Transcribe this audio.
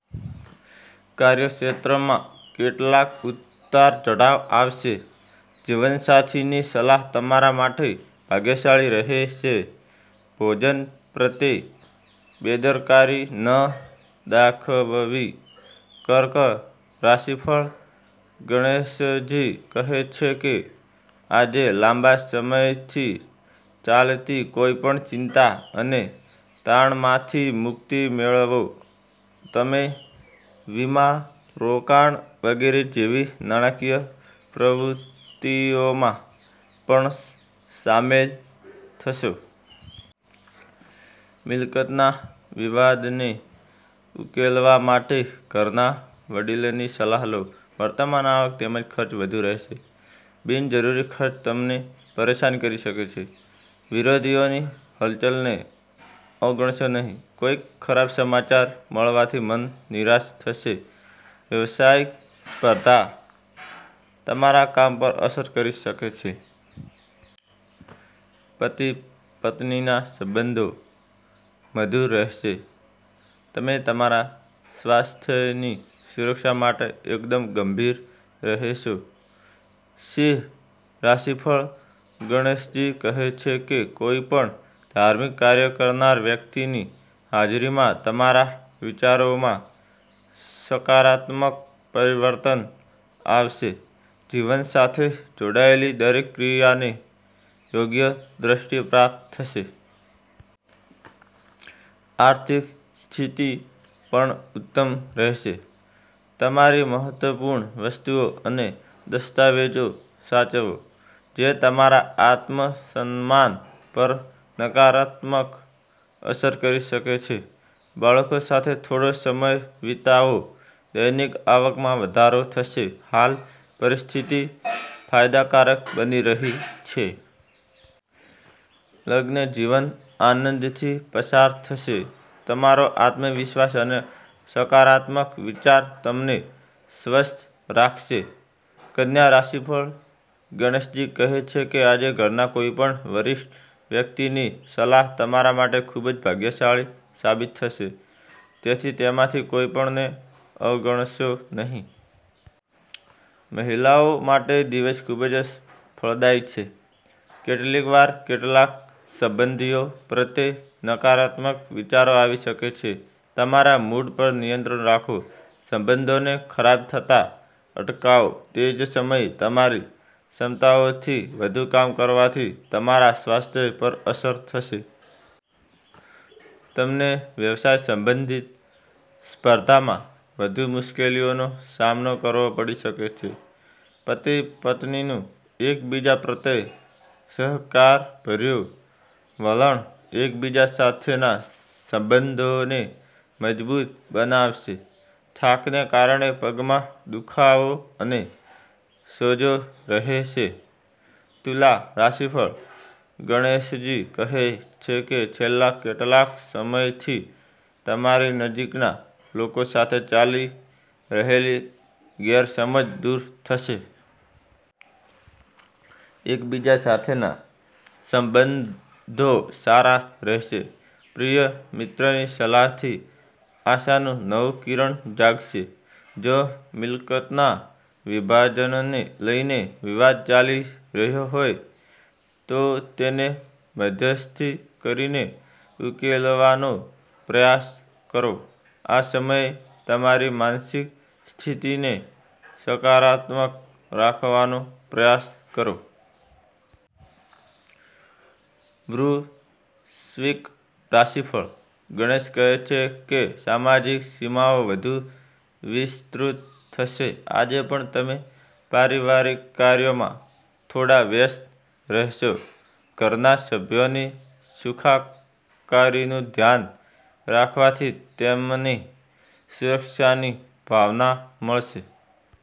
કાર્યક્ષેત્રમાં કેટલાક ઉતાર-ચઢાવ આવશે. જીવનસાથીની સલાહ તમારા માટે ભાગ્યશાળી રહેશે. ભોજન પ્રત્યે બેદરકારી ન દાખવવી. કર્ક રાશિફળ: ગણેશજી કહે છે કે આજે લાંબા સમયથી ચાલતી કોઈપણ ચિંતા અને તાણમાંથી મુક્તિ મેળવો. તમે વીમા, રોકાણ વગેરે જેવી નાણાકીય પ્રવૃત્તિઓમાં પણ સામેલ થશો. મિલકતના વિવાદને ઉકેલવા માટે ઘરના વડીલની સલાહ લો. વર્તમાન આવક તેમજ ખર્ચ વધુ રહેશે. બિનજરૂરી ખર્ચ તમને પરેશાન કરી શકે છે. વિરોધીઓની હલચલને અવગણશો નહીં. કોઈ ખરાબ સમાચાર મળવાથી મન નિરાશ થશે. વ્યવસાયિક સ્પર્ધા તમારા કામ પર અસર કરી શકે છે. પતિ-પત્નીના સંબંધો મધુર રહેશે. તમે તમારા સ્વાસ્થ્યની સુરક્ષા માટે એકદમ ગંભીર રહેશો. સિંહ રાશિફળ: ગણેશજી કહે છે કે કોઈપણ ધાર્મિક કાર્ય કરનાર વ્યક્તિની હાજરીમાં તમારા વિચારોમાં સકારાત્મક પરિવર્તન આવશે. જીવન સાથે જોડાયેલી દરેક ક્રિયાને યોગ્ય દ્રષ્ટિ પ્રાપ્ત થશે. આર્થિક સ્થિતિ પણ ઉત્તમ રહેશે. તમારી મહત્વપૂર્ણ વસ્તુઓ અને દસ્તાવેજો સાચવો જે તમારા આત્મસન્માન પર નકારાત્મક અસર કરી શકે છે. બાળકો સાથે થોડો સમય વિતાવો. દૈનિક આવકમાં વધારો થશે. હાલ પરિસ્થિતિ ફાયદાકારક બની રહી છે. લગ્નજીવન આનંદથી પસાર થશે. તમારો આત્મવિશ્વાસ અને સકારાત્મક વિચાર તમને સ્વસ્થ રાખશે. કન્યા રાશિફળ: ગણેશજી કહે છે કે આજે ઘરના કોઈપણ વરિષ્ઠ વ્યક્તિની સલાહ તમારા માટે ખૂબ જ ભાગ્યશાળી સાબિત થશે. તેથી તેમાંથી કોઈપણને અવગણશો નહીં. મહિલાઓ માટે દિવસ ખૂબ જ ફળદાયી છે. કેટલીકવાર કેટલાક સંબંધીઓ પ્રત્યે નકારાત્મક વિચારો આવી શકે છે. તમારા મૂડ પર નિયંત્રણ રાખો. સંબંધોને ખરાબ થતા અટકાવો. તે જ સમયે, તમારી ક્ષમતાઓથી વધુ કામ કરવાથી તમારા સ્વાસ્થ્ય પર અસર થશે. તમને વ્યવસાય સંબંધિત સ્પર્ધામાં વધુ મુશ્કેલીઓનો સામનો કરવો પડી શકે છે. પતિ-પત્નીનું એકબીજા પ્રત્યે સહકારભર્યું વલણ એકબીજા સાથેના સંબંધોને મજબૂત બનાવશે. થાકને કારણે પગમાં દુખાવો અને સોજો રહેશે. તુલા રાશિફળ: ગણેશજી કહે છે કે છેલ્લા કેટલાક સમયથી તમારી નજીકના લોકો સાથે ચાલી રહેલી ગેરસમજ દૂર થશે. એકબીજા સાથેના સંબંધો સારા રહેશે. પ્રિય મિત્રની સલાહથી આશાનું નવું કિરણ જાગશે. જો મિલકતના વિભાજનને લઈને વિવાદ ચાલી રહ્યો હોય, તો તેને મધ્યસ્થી કરીને ઉકેલવાનો પ્રયાસ કરો. આ સમયે તમારી માનસિક સ્થિતિને સકારાત્મક રાખવાનો પ્રયાસ કરો. વૃશ્ચિક રાશિફળ: ગણેશ કહે છે કે સામાજિક સીમાઓ વધુ વિસ્તૃત થશે. આજે પણ તમે પારિવારિક કાર્યોમાં થોડા વ્યસ્ત રહેશો. ઘરના સભ્યોની સુખાકારીનું ધ્યાન રાખવાથી તેમને સુરક્ષાની ભાવના મળશે.